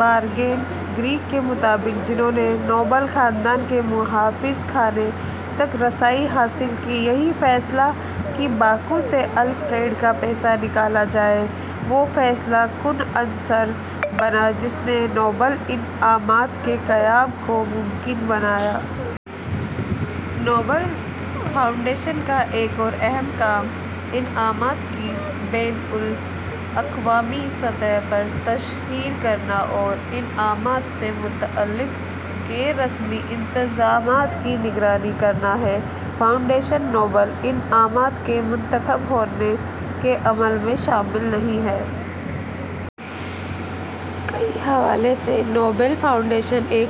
بارگن green کے مطابق، جنھوں نے نوبل خاندان کے محافظ خانہ تک رسائی حاصل کی، یہی "فیصلہ کہ باکو سے الفریڈ کا پیسہ نکالا جائے" وہ فیصلہ کن عنصر بنا جس نے نوبل انعامات کے قیام کو ممکن بنایا۔ نوبل فاؤنڈیشن کا ایک اور اہم کام انعامات کی بین الاقوامی سطح پر تشہیر کرنا اور انعامات سے متعلق غیر رسمی انتظامات کی نگرانی کرنا ہے۔ فاؤنڈیشن نوبل انعامات کے منتخب ہونے کے عمل میں شامل نہیں ہے۔ کئی حوالوں سے نوبل فاؤنڈیشن ایک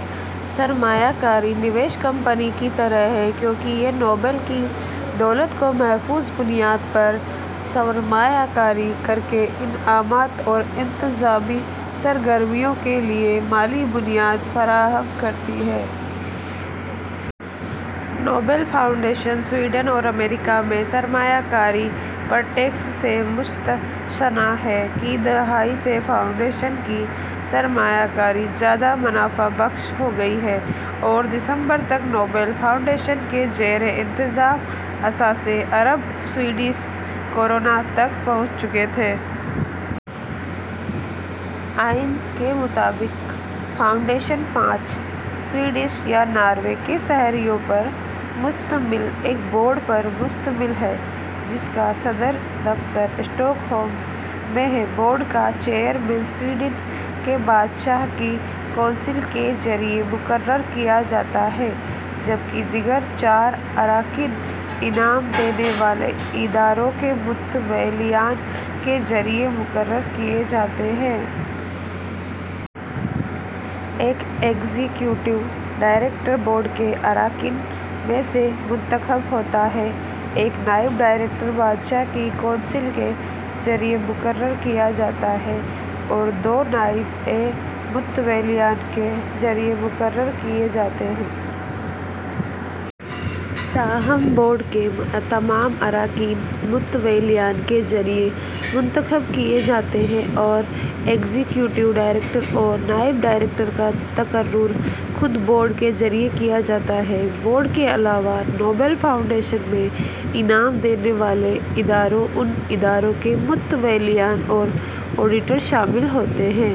سرمایہ کاری کمپنی کی طرح ہے، کیونکہ یہ نوبل کی دولت کو محفوظ بنیاد پر سرمایہ کاری کر کے انعامات اور انتظامی سرگرمیوں کے لیے مالی بنیاد فراہم کرتی ہے۔ نوبل فاؤنڈیشن سویڈن میں اور امریکا میں سرمایہ کاری پر ٹیکس سے مستثنیٰ ہے ۔ کی دہائی سے فاؤنڈیشن کی سرمایہ کاری زیادہ منافع بخش ہو گئی ہے اور دسمبر تک، نوبل فاؤنڈیشن کے زیر انتظام اثاثے ارب سویڈش کرونا تک پہنچ چکے تھے۔ آئین کے مطابق، فاؤنڈیشن پانچ سویڈش یا ناروے کے شہریوں پر مشتمل ایک بورڈ پر مشتمل ہے، جس کا صدر دفتر اسٹاک ہوم میں ہے۔ بورڈ کا چیئرمین سویڈن کے بادشاہ کی کونسل کے ذریعے مقرر کیا جاتا ہے، جبکہ دیگر چار اراکین انعام دینے والے اداروں کے متولیان کے ذریعے مقرر کیے جاتے ہیں۔ ایک ایگزیکٹو ڈائریکٹر بورڈ کے اراکین میں سے منتخب ہوتا ہے، ایک نائب ڈائریکٹر بادشاہ کی کونسل کے ذریعے مقرر کیا جاتا ہے اور دو نائبین متولیان کے ذریعے مقرر کیے جاتے ہیں۔ تاہم، سے بورڈ کے تمام اراکین متولیان کے ذریعے منتخب کیے جاتے ہیں اور ایگزیکٹو ڈائریکٹر اور نائب ڈائریکٹر کا تقرر خود بورڈ کے ذریعے کیا جاتا ہے۔ بورڈ کے علاوہ، نوبل فاؤنڈیشن میں انعام دینے والے ادارے ، ان اداروں کے متولیان اور آڈیٹر شامل ہوتے ہیں۔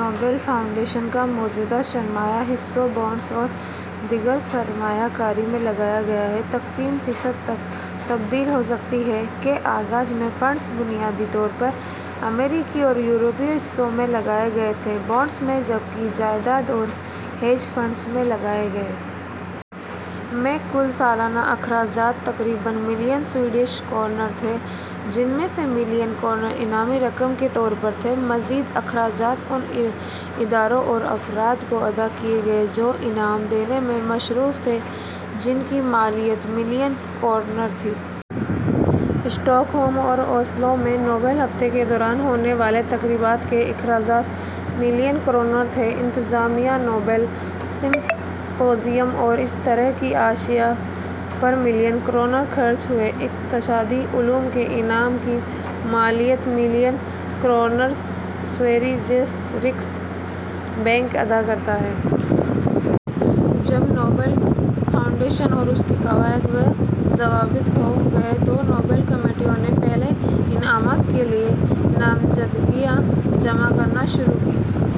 نوبل فاؤنڈیشن کا موجودہ سرمایہ حصص، بانڈز اور دیگر سرمایہ کاری میں لگایا گیا ہے۔ تقسیم فیصد تک تبدیل ہو سکتی ہے۔ کے آغاز میں، فنڈز بنیادی طور پر امریکی اور یورپی حصص میں لگائے گئے تھے، بانڈز میں، جبکہ جائداد اور ہیج فنڈز میں لگائے گئے۔ میں، کل سالانہ اخراجات تقریباً ملین سویڈش کرونر تھے، جن میں سے ملین کرونر انعامی رقم کے طور پر تھے۔ مزید اخراجات ان اداروں اور افراد کو ادا کیے گئے جو انعام دینے میں مصروف تھے، جن کی مالیت ملین کرونر تھی۔ سٹاک ہوم اور اوسلو میں نوبل ہفتے کے دوران ہونے والے تقریبات کے اخراجات ملین کرونر تھے۔ انتظامیہ، نوبل سمپوزیم اور اسی طرح کی اشیاء پر ملین کرونر خرچ ہوئے۔ اقتصادی علوم کے انعام کی مالیت million kronor Sveriges Riksbank ادا کرتا ہے۔ ۔ جب نوبل فاؤنڈیشن اور اس کے قواعد و ضوابط مرتب ہو گئے، تو نوبل کمیٹیوں نے پہلے انعامات کے لیے نامزدگیاں جمع کرنا شروع کیں۔